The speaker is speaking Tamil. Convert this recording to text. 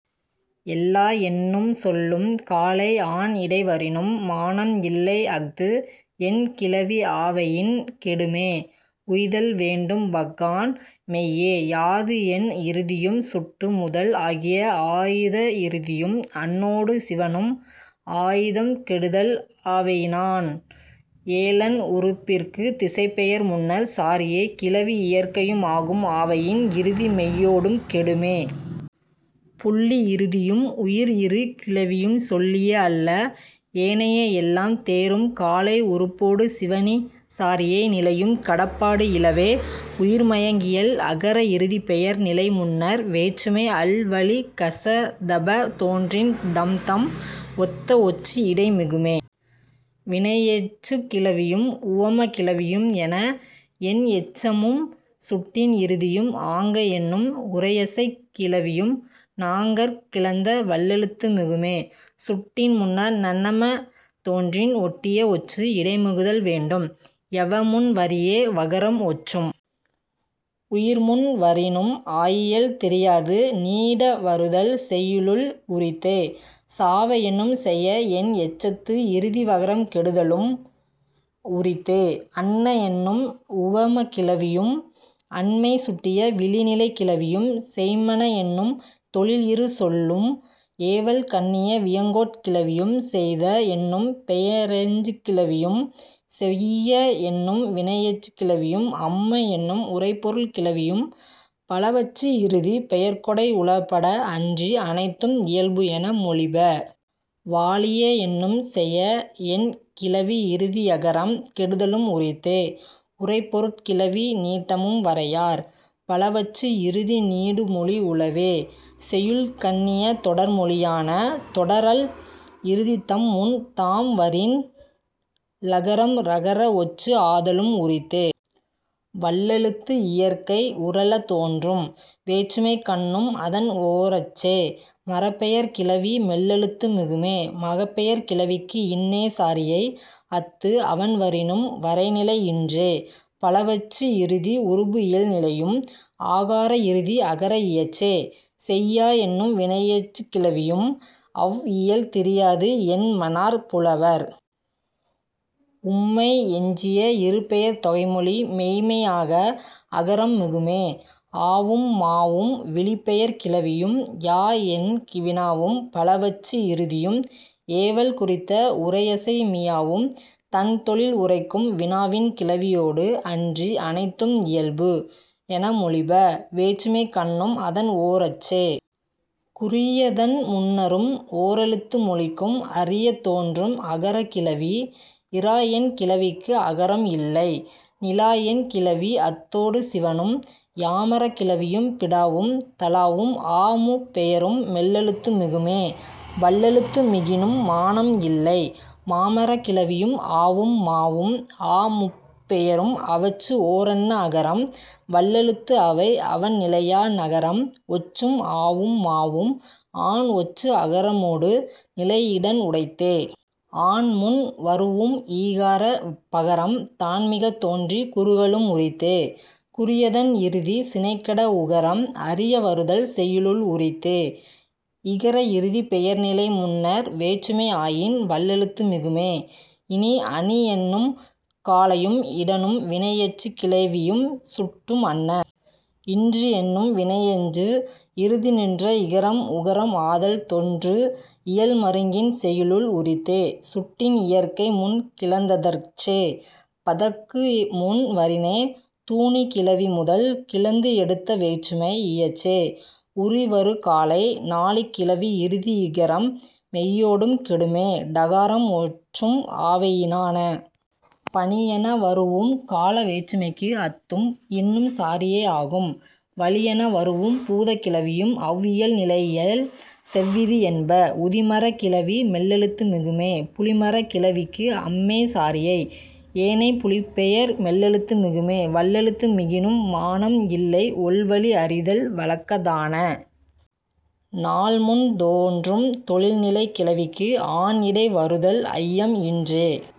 எல்லா எண்ணும் சொல்லும் காலை ஆன் இடை வரினும் மானம் இல்லை அஃது என் கிளவி ஆவயின் கெடுமே உய்தல் வேண்டும் பஃகான் மெய்யே. யாது என் இறுதியும் சுட்டு முதல் ஆகிய ஆய்த இறுதியும் அன்னொடு சிவணும் ஆய்தம் கெடுதல் ஆவயினான. ஏழன் உருபிற்குத் திசைப் பெயர் முன்னர் சாரியைக் கிளவி இயற்கையும் ஆகும் ஆவயின் இறுதி மெய்யொடும் கெடுமே. புள்ளி இறுதியும் உயிர் இறு கிளவியும் சொல்லிய அல்ல ஏனைய எல்லாம் தேரும் காலை உருபொடு சிவணி சாரியை நிலையும் கடப்பாடு இலவே.. உயிர்மயங்கியல் அகர இறுதிப் பெயர் நிலை முன்னர் வேற்றுமை அல் வழி க ச த ப தோன்றின் தம்தம் ஒத்த ஒற்று இடை மிகுமே. வினையெஞ்சுகிளவியும் உவமக் கிளவியும் என என் எச்சமும் சுட்டின் இறுதியும் ஆங்க என்னும் உரையசைக் கிளவியும் ஞாங்கர்க் கிளந்த வல்லெழுத்து மிகுமே. சுட்டின் முன்னர் ஞ ந ம தோன்றின் ஒட்டிய ஒற்று இடை மிகுதல் வேண்டும். ய வ முன் வரினே வகரம் ஒற்றும். உயிர் முன் வரினும் ஆயியல் திரியாது. நீட வருதல் செய்யுளுள் உரித்தே. சாவ என்னும் செய என் எச்சத்து இறுதி வகரம் கெடுதலும் உரித்தே. அன்ன என்னும் உவமக் கிளவியும் அண்மை சுட்டிய விளிநிலைக் கிளவியும் செய்ம்மன என்னும் தொழில் இறு சொல்லும் ஏவல் கண்ணிய வியங்கோட் கிளவியும் செய்த என்னும் பெயரெஞ்சுகிளவியும் செய்யிய என்னும் வினையெஞ்சுகிளவியும் அம்ம என்னும் உரைப்பொருட் கிளவியும் பலவற்று இறுதிப் பெயர்க்கொடை உளப்பட அன்றி அனைத்தும் இயல்பு என மொழிப. வாழிய என்னும் செய என் கிளவி இறுதி யகரம் கெடுதலும் உரித்தே. உரைப்பொருட் கிளவி நீட்டமும் வரையார். பலவற்று இறுதி நீடு மொழி உளவே செய்யுள் கண்ணிய தொடர்மொழியான. தொடர் அல் இறுதி தம் முன் தாம் வரின் லகரம் றகர ஒற்று ஆதலும் உரித்தே. வல்லெழுத்து இயற்கை உறழத் தோன்றும். வேற்றுமைக்கண்ணும் அதன் ஓரற்றே. மரப்பெயர்க் கிளவி மெல்லெழுத்து மிகுமே. மகப்பெயர்க் கிளவிக்கு இன்னே சாரியை. அத்து அவண் வரினும் வரை நிலை இன்றே. பலவற்று இறுதி உருபு இயல் நிலையும். ஆகார இறுதி அகர இயற்றே. செய்யா என்னும் வினையெஞ்சுகிளவியும் அவ் இயல் திரியாது என்மனார் புலவர். உம்மை எஞ்சிய இரு பெயர்த் தொகைமொழி மெய்ம்மையாக அகரம் மிகுமே. ஆவும் மாவும் விளிப்பெயர்க் கிளவியும் யா என் வினாவும் பலவற்று இறுதியும் ஏவல் குறித்த உரையசை மியாவும் தன் தொழில் உரைக்கும் வினாவின் கிளவியொடு அன்றி அனைத்தும் இயல்பு என மொழிப. வேற்றுமைக்கண்ணும் அதன் ஓரற்றே. குறியதன் முன்னரும் ஓரெழுத்து மொழிக்கும் அறியத் தோன்றும் அகரக் கிளவி. இரா என் கிளவிக்கு அகரம் இல்லை. நிலா என் கிளவி அத்தொடு சிவணும். யாமரக் கிளவியும் பிடாவும் தளாவும் ஆ முப் பெயரும் மெல்லெழுத்து மிகுமே. வல்லெழுத்து மிகினும் மானம் இல்லை. மாமரக் கிளவியும் ஆவும் மாவும் ஆ முப் பெயரும் அவற்று ஓரன்ன அகரம் வல்லெழுத்து அவை அவண் நிலையா னகரம் ஒற்றும் ஆவும் மாவும் ஆன் ஒற்று அகரமொடு நிலை இடன் உடைத்தே. ஆன் முன் வரூஉம் ஈகார பகரம் தான் மிகத் தோன்றிக் குறுகலும் உரித்தே. குறியதன் இறுதிச் சினை கெட உகரம் அறிய வருதல் செய்யுளுள் உரித்தே. இகர இறுதிப் பெயர்நிலை முன்னர் வேற்றுமை ஆயின் வல்லெழுத்து மிகுமே. இனி அணி என்னும் காலையும் இடனும் வினையெஞ்சுகிளவியும் சுட்டும் அன்ன. இன்றி என்னும் வினையெஞ்சு இறுதி நின்ற இகரம் உகரம் ஆதல் தொன்று இயல் மருங்கின் செய்யுளுள் உரித்தே. சுட்டின் இயற்கை முன் கிளந்தற்றே. பதக்கு முன் வரினே தூணிக் கிளவி முதல் கிளந்து எடுத்த வேற்றுமை இயற்றே. உரி வரு காலை நாழிக் கிளவி இறுதி இகரம் மெய்யொடும் கெடுமே டகாரம் ஒற்றும் ஆவயினான. பனி என வரூஉம் கால வேற்றுமைக்கு அத்தும் இன்னும் சாரியை ஆகும். வளி என வரூஉம் பூதக் கிளவியும் அவ் இயல் நிலையல் செவ்விது என்ப. உதிமரக் கிளவி மெல்லெழுத்து மிகுமே. புளிமரக் கிளவிக்கு அம்மே சாரியை. ஏனைப் புளிப் பெயர் மெல்லெழுத்து மிகுமே. வல்லெழுத்து மிகினும் மானம் இல்லை ஒல்வழி அறிதல் வழக்கத்தான. நாள் முன் தோன்றும் தொழில்நிலைக் கிளவிக்கு ஆன் இடை வருதல் ஐயம் இன்றே.।